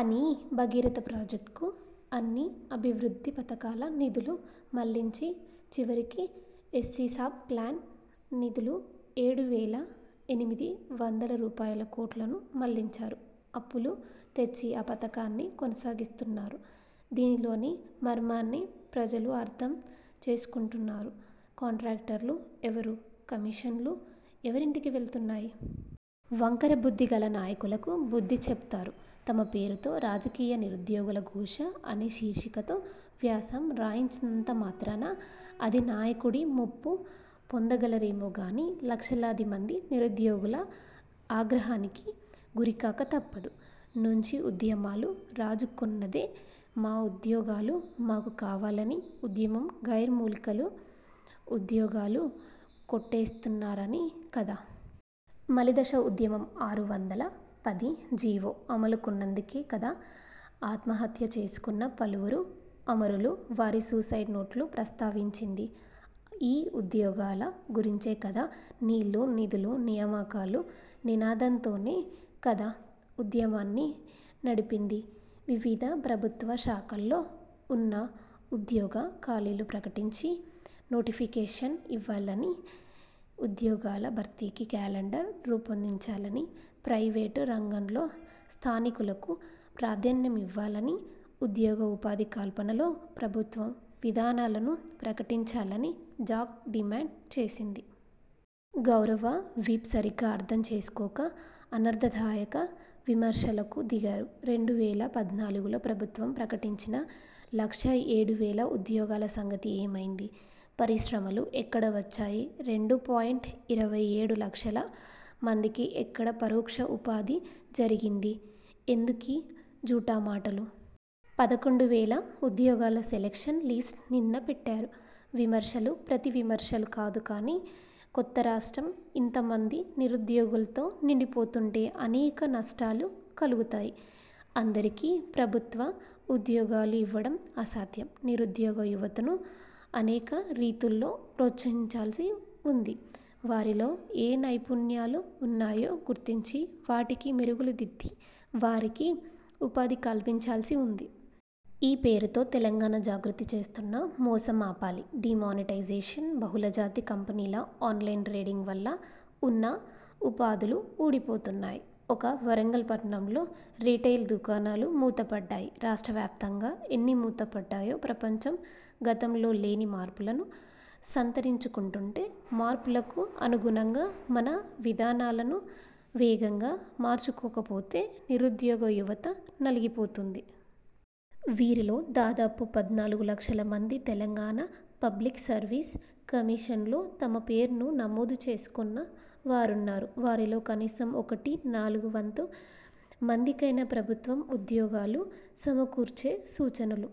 అని 'భగీరథ' ప్రాజెక్టుకు అన్ని అభివృద్ధి పథకాల నిధులు మళ్ళించి, చివరికి ఎస్సీ సబ్ ప్లాన్ నిధులు ఏడు వేల ఎనిమిది వందల రూపాయలుకోట్లను మళ్లించారు. అప్పులు తెచ్చి ఆ పథకాన్ని కొనసాగిస్తున్నారు. దీనిలోని మర్మాన్ని ప్రజలు అర్థం చేసుకుంటున్నారు. కాంట్రాక్టర్లు ఎవరు? కమీషన్లు ఎవరింటికి వెళ్తున్నాయి. వంకర బుద్ధి గల నాయకులకు బుద్ధి చెబుతారు. తమ పేరుతో రాజకీయ నిరుద్యోగుల ఘోష అనే శీర్షికతో వ్యాసం రాయించినంత మాత్రాన అధినాయకుడి మెప్పు పొందగలరేమో గానీ లక్షలాది మంది నిరుద్యోగుల ఆగ్రహానికి గురికాక తప్పదు. నుంచి ఉద్యమాలు రాజుకొన్నదే 'మా ఉద్యోగాలు మాకు కావాలని ఉద్యమం గైర్ ముల్కీలు ఉద్యోగాలు కొట్టేస్తున్నారని కదా! మలిదశ ఉద్యమం ఆరు వందల పది జీవో అమలుకునందుకే కదా! ఆత్మహత్య చేసుకున్న పలువురు అమరులు వారి సూసైడ్ నోట్లో ప్రస్తావించింది ఈ ఉద్యోగాల గురించే కదా! 'నీళ్ళు, నిధులు, నియామకాలు' నినాదంతోనే కదా ఉద్యమాన్ని నడిపింది. 'వివిధ ప్రభుత్వ శాఖల్లో ఉన్న ఉద్యోగ ఖాళీలు ప్రకటించి, నోటిఫికేషన్ ఇవ్వాలనీ, ఉద్యోగాల భర్తీకి క్యాలెండర్ రూపొందించాలనీ, ప్రయివేటు రంగంలో స్థానికులకు ప్రాధాన్యమివ్వాలనీ, ఉద్యోగ ఉపాధి కల్పనలో ప్రభుత్వం విధానాలను ప్రకటించాలనీ' జాక్ డిమాండ్ చేసింది. గౌరవ విప్ సరిగా అర్థం చేసుకోక అనర్థదాయక విమర్శలకు దిగారు. రెండు వేల పద్నాలుగులో ప్రభుత్వం ప్రకటించిన లక్ష ఏడు వేల ఉద్యోగాల సంగతి ఏమైంది? పరిశ్రమలు ఎక్కడ వచ్చాయి. రెండు పాయింట్ ఇరవై ఏడు లక్షల మందికి ఎక్కడ పరోక్ష ఉపాధి జరిగింది? ఎందుకీ జూఠామాటలు. పదకొండు వేల ఉద్యోగాల సెలక్షన్ లిస్ట్ నిన్న పెట్టారు. విమర్శలు ప్రతి విమర్శలు కాదు కానీ, కొత్త రాష్ట్రం ఇంతమంది నిరుద్యోగులతో నిండిపోతుంటే అనేక నష్టాలు కలుగుతాయి. అందరికీ ప్రభుత్వ ఉద్యోగాలు ఇవ్వడం అసాధ్యం. నిరుద్యోగ యువతను అనేక రీతుల్లో ప్రోత్సహించాల్సి ఉంది. వారిలో ఏ నైపుణ్యాలు వున్నాయో గుర్తించి వాటికి మెరుగులు దిద్ది వారికి ఉపాధి కల్పించాల్సి ఉంది. ఈ పేరుతో తెలంగాణ జాగృతి చేస్తున్న మోసం ఆపాలి. డీమానిటైజేషన్, బహుళజాతి కంపెనీల ఆన్లైన్ ట్రేడింగ్ వల్ల ఉన్న ఉపాధులు ఊడిపోతున్నాయి. ఒక్క వరంగల్ పట్టణంలో రిటైల్ దుకాణాలు మూతపడ్డాయి. రాష్ట్రవ్యాప్తంగా ఎన్ని మూతపడ్డాయో. ప్రపంచం గతంలో లేని మార్పులను సంతరించుకుంటుంటే మార్పులకు అనుగుణంగా మన విధానాలను వేగంగా మార్చుకోకపోతే నిరుద్యోగ యువత నలిగిపోతుంది. వీరిలో దాదాపు పద్నాలుగులక్షల మంది తెలంగాణ పబ్లిక్ సర్వీసెస్ కమిషన్లో తమ పేర్లను నమోదు చేసుకున్న వారున్నారు. వారిలో కనీసం ఒకటి నాలుగు వంతు మందికైనా ప్రభుత్వం ఉద్యోగాలు సమకూర్చే సూచనలు